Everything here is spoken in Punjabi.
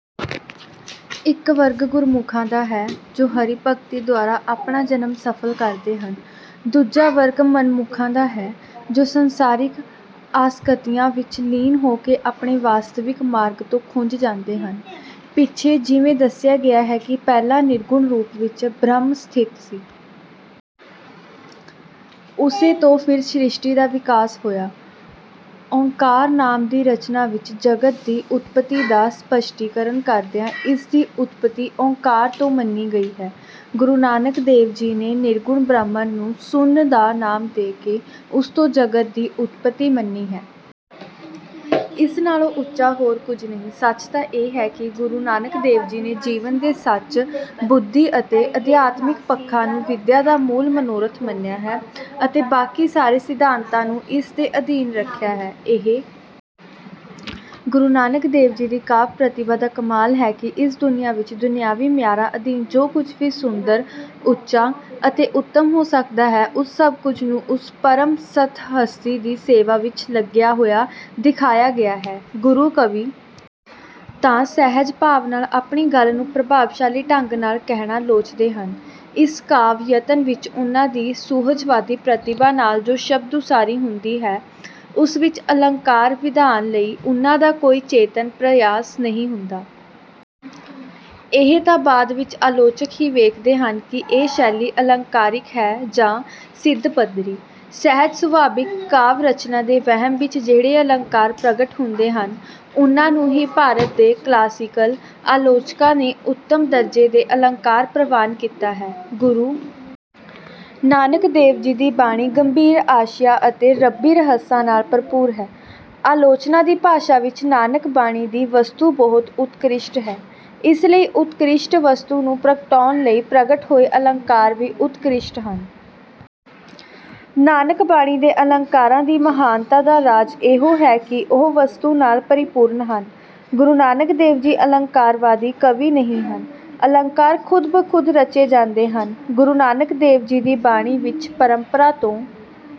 ਇੱਕ ਵਰਗ ਗੁਰਮੁਖਾਂ ਦਾ ਹੈ, ਜੋ ਹਰਿ-ਭਗਤੀ ਦੁਆਰਾ ਆਪਣਾ ਜਨਮ ਸਫ਼ਲ ਕਰਦੇ ਹਨ। ਦੂਜਾ ਵਰਗ ਮਨਮੁਖਾਂ ਦਾ ਹੈ, ਜੋ ਸੰਸਾਰਿਕ ਆਸਕਤੀਆਂ ਵਿੱਚ ਲੀਨ ਹੋ ਕੇ ਆਪਣੇ ਵਾਸਤਵਿਕ ਮਾਰਗ ਤੋਂ ਖੁੰਝ ਜਾਂਦੇ ਹਨ। ਪਿੱਛੇ ਜਿਵੇਂ ਦੱਸਿਆ ਗਿਆ ਹੈ ਕਿ ਪਹਿਲਾਂ ਨਿਰਗੁਣ ਰੂਪ ਵਿੱਚ ਬ੍ਰਹਮ ਸਥਿਤ ਸੀ। ਉਸੇ ਤੋਂ ਫਿਰ ਸ੍ਰਿਸ਼ਟੀ ਦਾ ਵਿਕਾਸ ਹੋਇਆ। ‘ਓਅੰਕਾਰ’ ਨਾਮ ਦੀ ਰਚਨਾ ਵਿੱਚ ਜਗਤ ਦੀ ਉਤਪੱਤੀ ਦਾ ਸਪੱਸ਼ਟੀਕਰਨ ਕਰਦਿਆਂ ਇਸ ਦੀ ਉਤਪੱਤੀ ‘ਓਅੰਕਾਰ’ ਤੋਂ ਮੰਨੀ ਗਈ ਹੈ। ਗੁਰੂ ਨਾਨਕ ਦੇਵ ਜੀ ਨੇ ਨਿਰਗੁਣ ਬ੍ਰਹਮ ਨੂੰ ‘ਸੁੰਨ’ ਦਾ ਨਾਮ ਦੇ ਕੇ ਉਸ ਤੋਂ ਜਗਤ ਦੀ ਉਤਪੱਤੀ ਮੰਨੀ ਹੈ। ਇਸ ਨਾਲੋਂ ਉੱਚਾ ਹੋਰ ਕੁਝ ਨਹੀਂ। ਸੱਚ ਤਾਂ ਇਹ ਹੈ ਕਿ ਗੁਰੂ ਨਾਨਕ ਦੇਵ ਜੀ ਨੇ ਜੀਵਨ ਦੇ ਸੱਚ, ਬੁੱਧੀ ਅਤੇ ਅਧਿਆਤਮਿਕ ਪੱਖਾਂ ਨੂੰ ਵਿਦਿਆ ਦਾ ਮੂਲ ਮਨੋਰਥ ਮੰਨਿਆ ਹੈ ਅਤੇ ਬਾਕੀ ਸਾਰੇ ਸਿਧਾਂਤਾਂ ਨੂੰ ਇਸ ਦੇ ਅਧੀਨ ਰੱਖਿਆ ਹੈ। ਇਹ ਗੁਰੂ ਨਾਨਕ ਦੇਵ ਜੀ ਦੀ ਕਾਵਿ-ਪ੍ਰਤਿਭਾ ਦਾ ਕਮਾਲ ਹੈ ਕਿ ਇਸ ਦੁਨੀਆ ਵਿੱਚ ਦੁਨਿਆਵੀ ਮਿਆਰਾਂ ਅਧੀਨ ਜੋ ਕੁਝ ਵੀ ਸੁੰਦਰ, ਉੱਚਾ ਅਤੇ ਉੱਤਮ ਹੋ ਸਕਦਾ ਹੈ, ਉਸ ਸਭ ਕੁਝ ਨੂੰ ਉਸ ਪਰਮ ਸਤਿ-ਹਸਤੀ ਦੀ ਸੇਵਾ ਵਿੱਚ ਲੱਗਿਆ ਹੋਇਆ ਦਿਖਾਇਆ ਗਿਆ ਹੈ। ਗੁਰੂ-ਕਵੀ ਤਾਂ ਸਹਿਜ-ਭਾਵ ਨਾਲ ਆਪਣੀ ਗੱਲ ਨੂੰ ਪ੍ਰਭਾਵਸ਼ਾਲੀ ਢੰਗ ਨਾਲ ਕਹਿਣਾ ਲੋਚਦੇ ਹਨ। ਇਸ ਕਾਵਿ-ਯਤਨ ਵਿੱਚ ਉਨ੍ਹਾਂ ਦੀ ਸੁਹਜਵਾਦੀ ਪ੍ਰਤਿਭਾ ਨਾਲ ਜੋ ਸ਼ਬਦ-ਉਸਾਰੀ ਹੁੰਦੀ ਹੈ, ਉਸ ਵਿੱਚ ਅਲੰਕਾਰ-ਵਿਧਾਨ ਲਈ ਉਨ੍ਹਾਂ ਦਾ ਕੋਈ ਚੇਤਨ ਪ੍ਰਯਾਸ ਨਹੀਂ ਹੁੰਦਾ। ਇਹ ਤਾਂ ਬਾਅਦ ਵਿੱਚ ਆਲੋਚਕ ਹੀ ਵੇਖਦੇ ਹਨ ਕਿ ਇਹ ਸ਼ੈਲੀ ਅਲੰਕਾਰਿਕ ਹੈ ਜਾਂ ਸਿੱਧ-ਪੱਧਰੀ। ਸਹਿਜ-ਸੁਭਾਵਿਕ ਕਾਵਿ-ਰਚਨਾ ਦੇ ਵਹਿਣ ਵਿੱਚ ਜਿਹੜੇ ਅਲੰਕਾਰ ਪ੍ਰਗਟ ਹੁੰਦੇ ਹਨ, ਉਨ੍ਹਾਂ ਨੂੰ ਹੀ ਭਾਰਤ ਦੇ ਕਲਾਸੀਕਲ ਆਲੋਚਕਾਂ ਨੇ ਉੱਤਮ ਦਰਜੇ ਦੇ ਅਲੰਕਾਰ ਪ੍ਰਵਾਨ ਕੀਤਾ ਹੈ। ਗੁਰੂ ਨਾਨਕ ਦੇਵ ਜੀ ਦੀ ਬਾਣੀ ਗੰਭੀਰ ਆਸ਼ਿਆਂ ਅਤੇ ਰੱਬੀ ਰਹੱਸਾਂ ਨਾਲ ਭਰਪੂਰ ਹੈ। ਆਲੋਚਨਾ ਦੀ ਭਾਸ਼ਾ ਵਿੱਚ ਨਾਨਕ-ਬਾਣੀ ਦੀ ਵਸਤੂ ਬਹੁਤ ਉਤਕ੍ਰਿਸ਼ਟ ਹੈ। ਇਸ ਲਈ ਉਤਕ੍ਰਿਸ਼ਟ ਵਸਤੂ ਨੂੰ ਪ੍ਰਗਟਾਉਣ ਲਈ ਪ੍ਰਗਟ ਹੋਏ ਅਲੰਕਾਰ ਵੀ ਉਤਕ੍ਰਿਸ਼ਟ ਹਨ। ਨਾਨਕ-ਬਾਣੀ ਦੇ ਅਲੰਕਾਰਾਂ ਦੀ ਮਹਾਨਤਾ ਦਾ ਰਾਜ ਇਹੋ ਹੈ ਕਿ ਉਹ ਵਸਤੂ ਨਾਲ ਪਰਿਪੂਰਨ ਹਨ। ਗੁਰੂ ਨਾਨਕ ਦੇਵ ਜੀ ਅਲੰਕਾਰਵਾਦੀ ਕਵੀ ਨਹੀਂ ਹਨ। ਅਲੰਕਾਰ ਖ਼ੁਦ-ਬ-ਖ਼ੁਦ ਰਚੇ ਜਾਂਦੇ ਹਨ। ਗੁਰੂ ਨਾਨਕ ਦੇਵ ਜੀ ਦੀ ਬਾਣੀ ਵਿੱਚ ਪਰੰਪਰਾ ਤੋਂ…